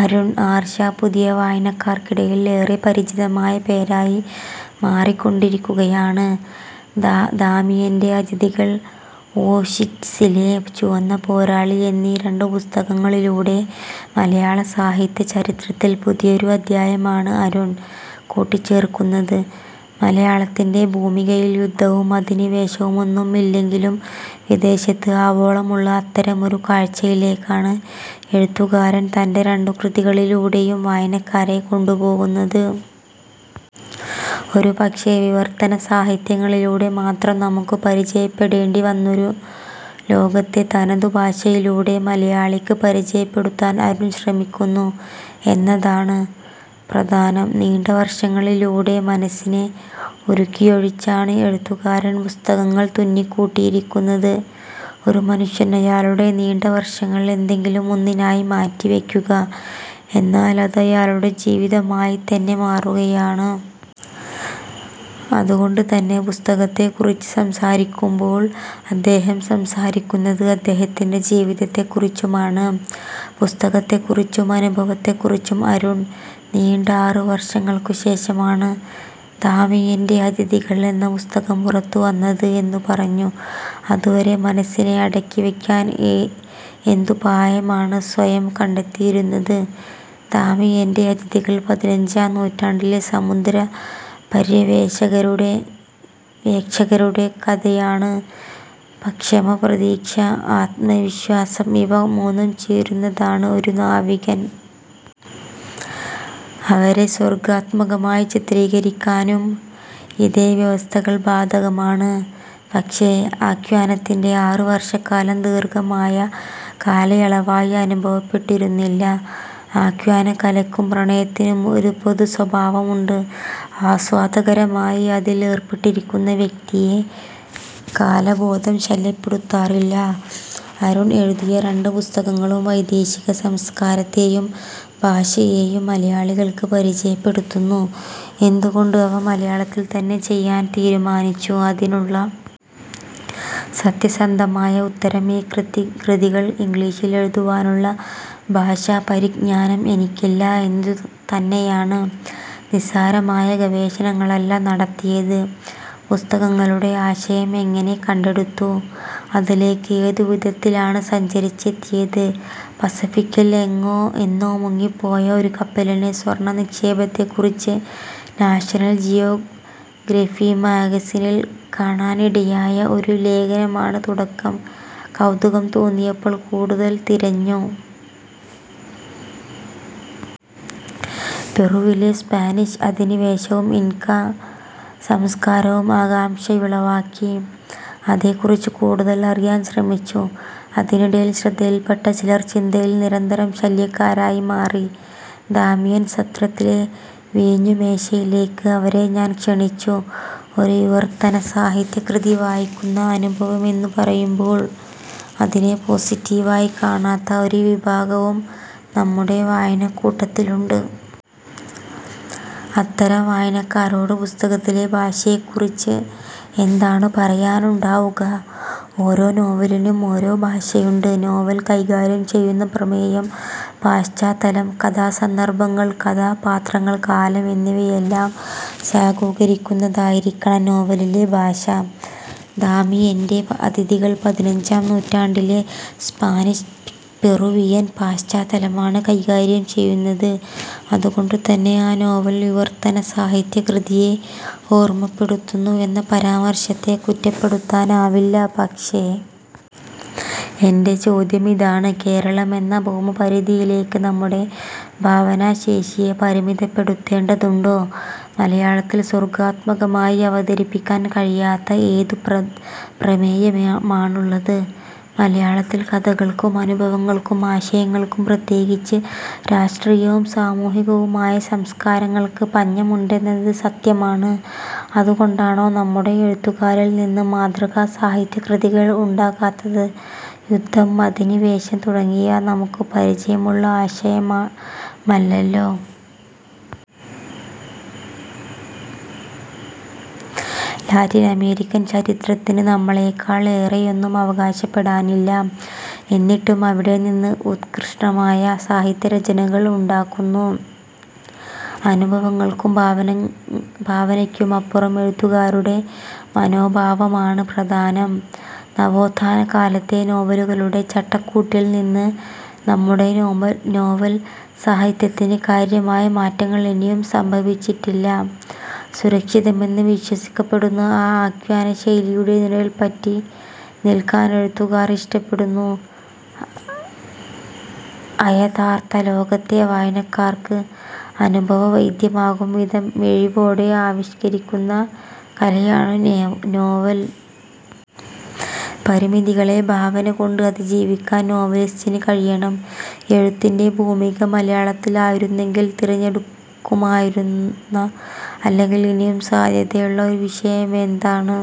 അരുൺ ആർഷ, പുതിയ വായനക്കാർക്കിടയിൽ ഏറെ പരിചിതമായ പേരായി മാറിക്കൊണ്ടിരിക്കുകയാണ്. ദാമിയൻ്റെ അതിഥികൾ, ഓഷ്വിറ്റ്സിലെ ചുവന്ന പോരാളി എന്നീ രണ്ടു പുസ്തകങ്ങളിലൂടെ മലയാള സാഹിത്യ ചരിത്രത്തിൽ പുതിയൊരു അധ്യായമാണ് അരുൺ കൂട്ടിച്ചേർക്കുന്നത്. മലയാളത്തിൻ്റെ ഭൂമികയിൽ യുദ്ധവും അധിനിവേശവുമൊന്നും ഇല്ലെങ്കിലും വിദേശത്ത് ആവോളമുള്ള അത്തരമൊരു കാഴ്ചയിലേക്കാണ് എഴുത്തുകാരൻ തൻ്റെ രണ്ടു കൃതികളിലൂടെയും വായനക്കാരെ കൊണ്ടുപോകുന്നത്. ഒരുപക്ഷേ വിവർത്തന സാഹിത്യങ്ങളിലൂടെ മാത്രം നമുക്ക് പരിചയപ്പെടേണ്ടി വന്നൊരു ലോകത്തെ തനതു ഭാഷയിലൂടെ മലയാളിക്ക് പരിചയപ്പെടുത്താൻ അരുൺ ശ്രമിക്കുന്നു എന്നതാണ് പ്രധാനം. നീണ്ട വർഷങ്ങളിലൂടെ മനസ്സിനെ ഉരുക്കിയൊഴിച്ചാണ് എഴുത്തുകാരൻ പുസ്തകങ്ങൾ തുന്നിക്കൂട്ടിയിരിക്കുന്നത്. ഒരു മനുഷ്യൻ അയാളുടെ നീണ്ട വർഷങ്ങൾ എന്തെങ്കിലും ഒന്നിനായി മാറ്റിവയ്ക്കുക എന്നാൽ അത് അയാളുടെ ജീവിതമായിത്തന്നെ മാറുകയാണ്. അതുകൊണ്ട് തന്നെ പുസ്തകത്തെക്കുറിച്ച് സംസാരിക്കുമ്പോൾ അദ്ദേഹം സംസാരിക്കുന്നത് അദ്ദേഹത്തിൻ്റെ ജീവിതത്തെക്കുറിച്ചുമാണ്. പുസ്തകത്തെക്കുറിച്ചും അനുഭവത്തെക്കുറിച്ചും അരുൺ. നീണ്ട ആറ് വർഷങ്ങൾക്കുശേഷമാണ് ദാമിയൻ്റെ അതിഥികൾ എന്ന പുസ്തകം പുറത്തുവന്നത് എന്നു പറഞ്ഞു. അതുവരെ മനസ്സിനെ അടക്കിവയ്ക്കാൻ എന്തുപായമാണ് സ്വയം കണ്ടെത്തിയിരുന്നത്? ദാമിയൻ്റെ അതിഥികൾ പതിനഞ്ചാം നൂറ്റാണ്ടിലെ സമുദ്ര പര്യവേക്ഷകരുടെ കഥയാണ്. ക്ഷമ, പ്രതീക്ഷ, ആത്മവിശ്വാസം ഇവ മൂന്നും ചേരുന്നതാണ് ഒരു നാവികൻ. അവരെ സർഗ്ഗാത്മകമായി ചിത്രീകരിക്കാനും ഇതേ വ്യവസ്ഥകൾ ബാധകമാണ്. പക്ഷേ ആഖ്യാനത്തിൻ്റെ ആറ് വർഷക്കാലം ദീർഘമായ കാലയളവായി അനുഭവപ്പെട്ടിരുന്നില്ല. ആഖ്യാനകലയ്ക്കും പ്രണയത്തിനും ഒരു പൊതുസ്വഭാവമുണ്ട്. ആസ്വാദ്യകരമായി അതിൽ ഏർപ്പെട്ടിരിക്കുന്ന വ്യക്തിയെ കാലബോധം ശല്യപ്പെടുത്താറില്ല. അരുൺ എഴുതിയ രണ്ടു പുസ്തകങ്ങളും വൈദേശിക സംസ്കാരത്തെയും ഭാഷയെയും മലയാളികൾക്ക് പരിചയപ്പെടുത്തുന്നു. എന്തുകൊണ്ട് അവ മലയാളത്തിൽത്തന്നെ ചെയ്യാൻ തീരുമാനിച്ചു? അതിനുള്ള സത്യസന്ധമായ ഉത്തരം ഈ കൃതികൾ ഇംഗ്ലീഷിൽ എഴുതുവാനുള്ള ഭാഷാപരിജ്ഞാനം എനിക്കില്ല എന്നതുതന്നെയാണ്. നിസ്സാരമായ ഗവേഷണങ്ങളല്ല നടത്തിയത്. പുസ്തകങ്ങളുടെ ആശയം എങ്ങനെ കണ്ടെടുത്തു? അതിലേക്ക് ഏതു വിധത്തിലാണ് സഞ്ചരിച്ചെത്തിയത്? പസഫിക്കിൽ എന്നോ മുങ്ങിപ്പോയ ഒരു കപ്പലിലെ സ്വർണനിക്ഷേപത്തെക്കുറിച്ച് നാഷനൽ ജിയോഗ്രഫി മാഗസിനിൽ കാണാനിടയായ ഒരു ലേഖനമാണ് തുടക്കം. കൗതുകം തോന്നിയപ്പോൾ കൂടുതൽ തിരഞ്ഞു. പെറുവിലെ സ്പാനിഷ് അധിനിവേശവും ഇൻകാ സംസ്കാരവും ആകാംക്ഷയുളവാക്കി. അതേക്കുറിച്ച് കൂടുതൽ അറിയാൻ ശ്രമിച്ചു. അതിനിടയിൽ ശ്രദ്ധയിൽപ്പെട്ട ചിലർ ചിന്തയിൽ നിരന്തരം ശല്യക്കാരായി മാറി. ദാമിയൻ സത്രത്തിലെ വീഞ്ഞുമേശയിലേക്ക് അവരെ ഞാൻ ക്ഷണിച്ചു. ഒരു വിവർത്തന സാഹിത്യകൃതി വായിക്കുന്ന അനുഭവമെന്നു പറയുമ്പോൾ അതിനെ പോസിറ്റീവായി കാണാത്ത ഒരു വിഭാഗവും നമ്മുടെ വായനക്കൂട്ടത്തിലുണ്ട്. അത്തരം വായനക്കാരോട് പുസ്തകത്തിലെ ഭാഷയെക്കുറിച്ച് എന്താണു പറയാനുണ്ടാവുക? ഓരോ നോവലിനും ഓരോ ഭാഷയുണ്ട്. നോവൽ കൈകാര്യം ചെയ്യുന്ന പ്രമേയം, പശ്ചാത്തലം, കഥാസന്ദർഭങ്ങൾ, കഥാപാത്രങ്ങൾ, കാലം എന്നിവയെല്ലാം സാധൂകരിക്കുന്നതായിരിക്കണം നോവലിലെ ഭാഷ. ദാമിയൻ്റെ അതിഥികൾ പതിനഞ്ചാം നൂറ്റാണ്ടിലെ സ്പാനിഷ് പെറുവിയൻ പശ്ചാത്തലമാണ് കൈകാര്യം ചെയ്യുന്നത്. അതുകൊണ്ടുതന്നെ ആ നോവൽ വിവർത്തന സാഹിത്യകൃതിയെ ഓർമപ്പെടുത്തുന്നു എന്ന പരാമർശത്തെ കുറ്റപ്പെടുത്താനാവില്ല. പക്ഷേ എൻ്റെ ചോദ്യമിതാണ്. കേരളം എന്ന ഭൗമപരിധിയിലേക്ക് നമ്മുടെ ഭാവനാശേഷിയെ പരിമിതപ്പെടുത്തേണ്ടതുണ്ടോ? മലയാളത്തിൽ സർഗ്ഗാത്മകമായി അവതരിപ്പിക്കാൻ കഴിയാത്ത ഏതു പ്രമേയമാണുള്ളത്? മലയാളത്തിൽ കഥകൾക്കും അനുഭവങ്ങൾക്കും ആശയങ്ങൾക്കും പ്രത്യേകിച്ച് രാഷ്ട്രീയവും സാമൂഹികവുമായ സംസ്കാരങ്ങൾക്ക് പഞ്ഞമുണ്ടെന്നത് സത്യമാണ്. അതുകൊണ്ടാണോ നമ്മുടെ എഴുത്തുകാരിൽനിന്ന് മാതൃകാ സാഹിത്യകൃതികൾ ഉണ്ടാകാത്തത്? യുദ്ധം, അധിനിവേശം തുടങ്ങിയവ നമുക്ക് പരിചയമുള്ള ആശയമല്ലല്ലോ. ലാറ്റിനമേരിക്കൻ ചരിത്രത്തിന് നമ്മേക്കാൾ ഏറെയൊന്നും അവകാശപ്പെടാനില്ല. എന്നിട്ടും അവിടെനിന്ന് ഉത്കൃഷ്ടമായ സാഹിത്യരചനകൾ ഉണ്ടാകുന്നു. അനുഭവങ്ങൾക്കും ഭാവനയ്ക്കുമപ്പുറം എഴുത്തുകാരുടെ മനോഭാവമാണ് പ്രധാനം. നവോത്ഥാനകാലത്തെ നോവലുകളുടെ ചട്ടക്കൂട്ടിൽനിന്ന് നമ്മുടെ നോവൽ സാഹിത്യത്തിന് കാര്യമായ മാറ്റങ്ങൾ ഇനിയും സംഭവിച്ചിട്ടില്ല. സുരക്ഷിതമെന്ന് വിശ്വസിക്കപ്പെടുന്ന ആ ആഖ്യാനശൈലിയുടെ നിഴൽപറ്റി നിൽക്കാൻ എഴുത്തുകാർ ഇഷ്ടപ്പെടുന്നു. അയഥാർഥ ലോകത്തെ വായനക്കാർക്ക് അനുഭവവേദ്യമാകുംവിധം മിഴിവോടെ ആവിഷ്കരിക്കുന്ന കലയാണ് നോവൽ. പരിമിതികളെ ഭാവനകൊണ്ട് അതിജീവിക്കാൻ നോവലിസ്റ്റിന് കഴിയണം. എഴുത്തിൻ്റെ ഭൂമിക മലയാളത്തിലായിരുന്നെങ്കിൽ തിരഞ്ഞെടുക്കുമായിരുന്ന, അല്ലെങ്കിൽ ഇനിയും സാധ്യതയുള്ള ഒരു വിഷയമെന്താണ്?